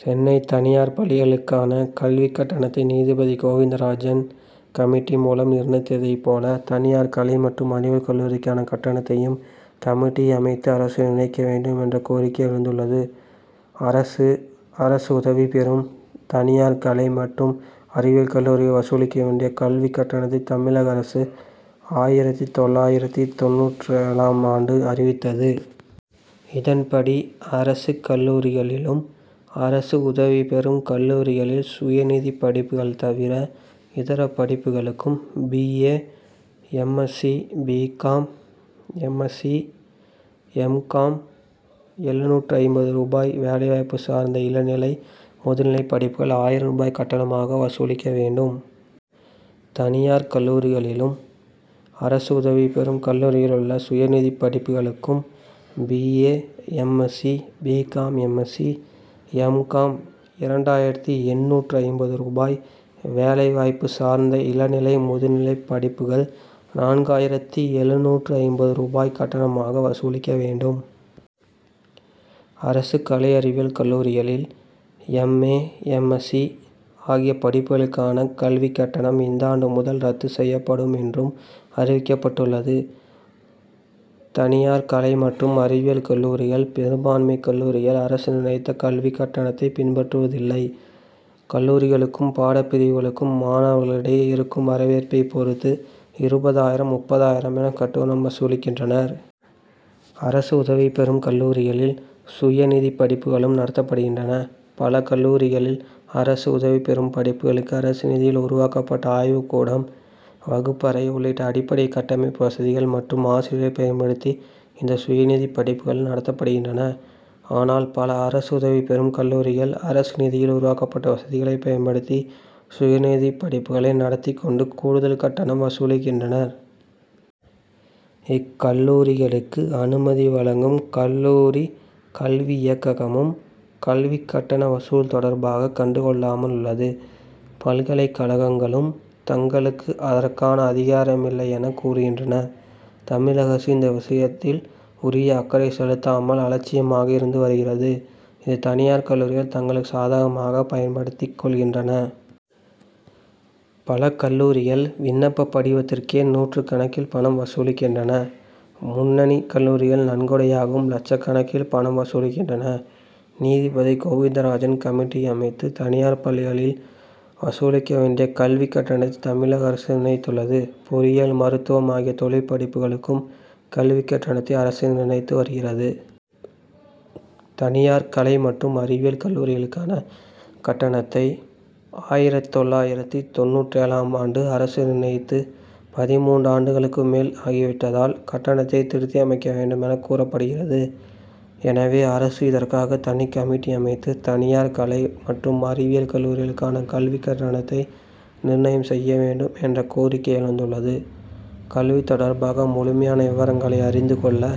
சென்னை தனியார் பள்ளிகளுக்கான கல்விக் கட்டணத்தை நீதிபதி கோவிந்தராஜன் கமிட்டி மூலம் நிர்ணயித்ததைப் போல, தனியார் கலை மற்றும் அறிவியல் கல்லூரிகளுக்கான கட்டணத்தையும் கமிட்டியை அமைத்து அரசு நிர்ணயிக்க வேண்டும் என்ற கோரிக்கை எழுந்துள்ளது. அரசு, அரசு உதவிபெறும், தனியார் கலை மற்றும் அறிவியல் கல்லூரிகளில் வசூலிக்க வேண்டிய கல்விக் கட்டணத்தை தமிழக அரசு, ஆயிரத்து தொள்ளாயிரத்து தொண்ணூற்றேழாம் ஆண்டு அறிவித்தது. இதன்படி, அரசு கல்லூரிகளிலும், அரசு உதவிபெறும் கல்லூரிகளில் சுயநிதிப் படிப்புகள் தவிர இதர படிப்புகளுக்கும் B. A., M. S C., B. Com., M. S C., M. Com., எழுநூற்று ஐம்பது ரூபாய், வேலைவாய்ப்பு சார்ந்த இளநிலை, முதுநிலை படிப்புகள் ஆயிரம் ரூபாய் கட்டணமாக வசூலிக்க வேண்டும். தனியார் கல்லூரிகளிலும், அரசு உதவிபெறும் கல்லூரிகளில் உள்ள சுயநிதி படிப்புகளுக்கும் B. A., M. S C., B. Com., M. S C., M. Com., இரண்டாயிரத்து எண்ணூற்று ஐம்பது ரூபாய், வேலைவாய்ப்பு சார்ந்த இளநிலை, முதுநிலை படிப்புகள் நான்காயிரத்து எழுநூற்று ஐம்பது ரூபாய் கட்டணமாக வசூலிக்க வேண்டும். அரசு கலை அறிவியல் கல்லூரிகளில் எம். ஏ. எம். எஸ்சி., ஆகிய படிப்புகளுக்கான கல்விக் கட்டணம் இந்த ஆண்டு முதல் ரத்து செய்யப்படும் என்றும் அறிவிக்கப்பட்டுள்ளது. தனியார் கலை மற்றும் அறிவியல் கல்லூரிகள், பெரும்பான்மை கல்லூரிகள் அரசு நிர்ணயித்த கல்விக் கட்டணத்தை பின்பற்றுவதில்லை. கல்லூரிகளுக்கும், பாடப்பிரிவுகளுக்கும் மாணவர்களிடையே இருக்கும் வரவேற்பைப் பொறுத்து, இருபதாயிரம், முப்பதாயிரம் என கட்டணம் வசூலிக்கின்றன. அரசு உதவிபெறும் கல்லூரிகளில், சுயநிதி படிப்புகளும் நடத்தப்படுகின்றன. பல கல்லூரிகளில் அரசு உதவிபெறும் படிப்புகளுக்கு அரசு நிதியில் உருவாக்கப்பட்ட ஆய்வுக்கூடம், வகுப்பறை உள்ளிட்ட அடிப்படை கட்டமைப்பு வசதிகள் மற்றும் ஆசிரியர்களை பயன்படுத்தி, இந்த சுயநிதிப் படிப்புகள் நடத்தப்படுகின்றன. ஆனால், பல அரசு உதவிபெறும் கல்லூரிகள், அரசு நிதியில் உருவாக்கப்பட்ட வசதிகளை பயன்படுத்தி சுயநிதி படிப்புகளை நடத்திக் கொண்டு கூடுதல் கட்டணம் வசூலிக்கின்றன. இக்கல்லூரிகளுக்கு அனுமதி வழங்கும் கல்லூரிக் கல்வி இயக்ககமும் கல்விக் கட்டண வசூல் தொடர்பாக கண்டுகொள்ளாமல் உள்ளது. பல்கலைக் கழகங்களும் தங்களுக்கு அதற்கான அதிகாரம் இல்லை என கூறுகின்றன. தமிழக அரசு இந்த விஷயத்தில் உரிய அக்கறை செலுத்தாமல், அலட்சியமாக இருந்து வருகிறது. இதை தனியார் கல்லூரிகள் தங்களுக்கு சாதகமாக பயன்படுத்திக் கொள்கின்றனர். பல கல்லூரிகள் விண்ணப்பப் படிவத்திற்கே, நூற்றுக்கணக்கில் பணம் வசூலிக்கின்றன. முன்னணி கல்லூரிகள் நன்கொடையாகவும் லட்சக்கணக்கில் பணம் வசூலிக்கின்றன. நீதிபதி கோவிந்தராஜன் கமிட்டியை அமைத்து, தனியார் பள்ளிகளில் வசூலிக்க வேண்டிய கல்விக் கட்டணத்தை தமிழக அரசு நிர்ணயித்துள்ளது. பொறியியல், மருத்துவம் ஆகிய தொழிற்படிப்புகளுக்கும் கல்விக் கட்டணத்தை அரசு நிர்ணயித்து வருகிறது. தனியார் கலை மற்றும் அறிவியல் கல்லூரிகளுக்கான கட்டணத்தை ஆயிரத்து தொள்ளாயிரத்து தொண்ணூற்றேழாம் ஆண்டு அரசு நிர்ணயித்து, பதின்மூன்று ஆண்டுகளுக்கும் மேல் ஆகிவிட்டதால், கட்டணத்தை திருத்தியமைக்க வேண்டும் என கூறப்படுகிறது. எனவே அரசு இதற்காக தனிக் கமிட்டி அமைத்து, தனியார் கலை மற்றும் அறிவியல் கல்லூரிகளுக்கான கல்விக் கட்டணத்தை நிர்ணயம் செய்ய வேண்டும் என்ற கோரிக்கை எழுந்துள்ளது. கல்வி தொடர்பாக முழுமையான விவரங்களை அறிந்து கொள்ள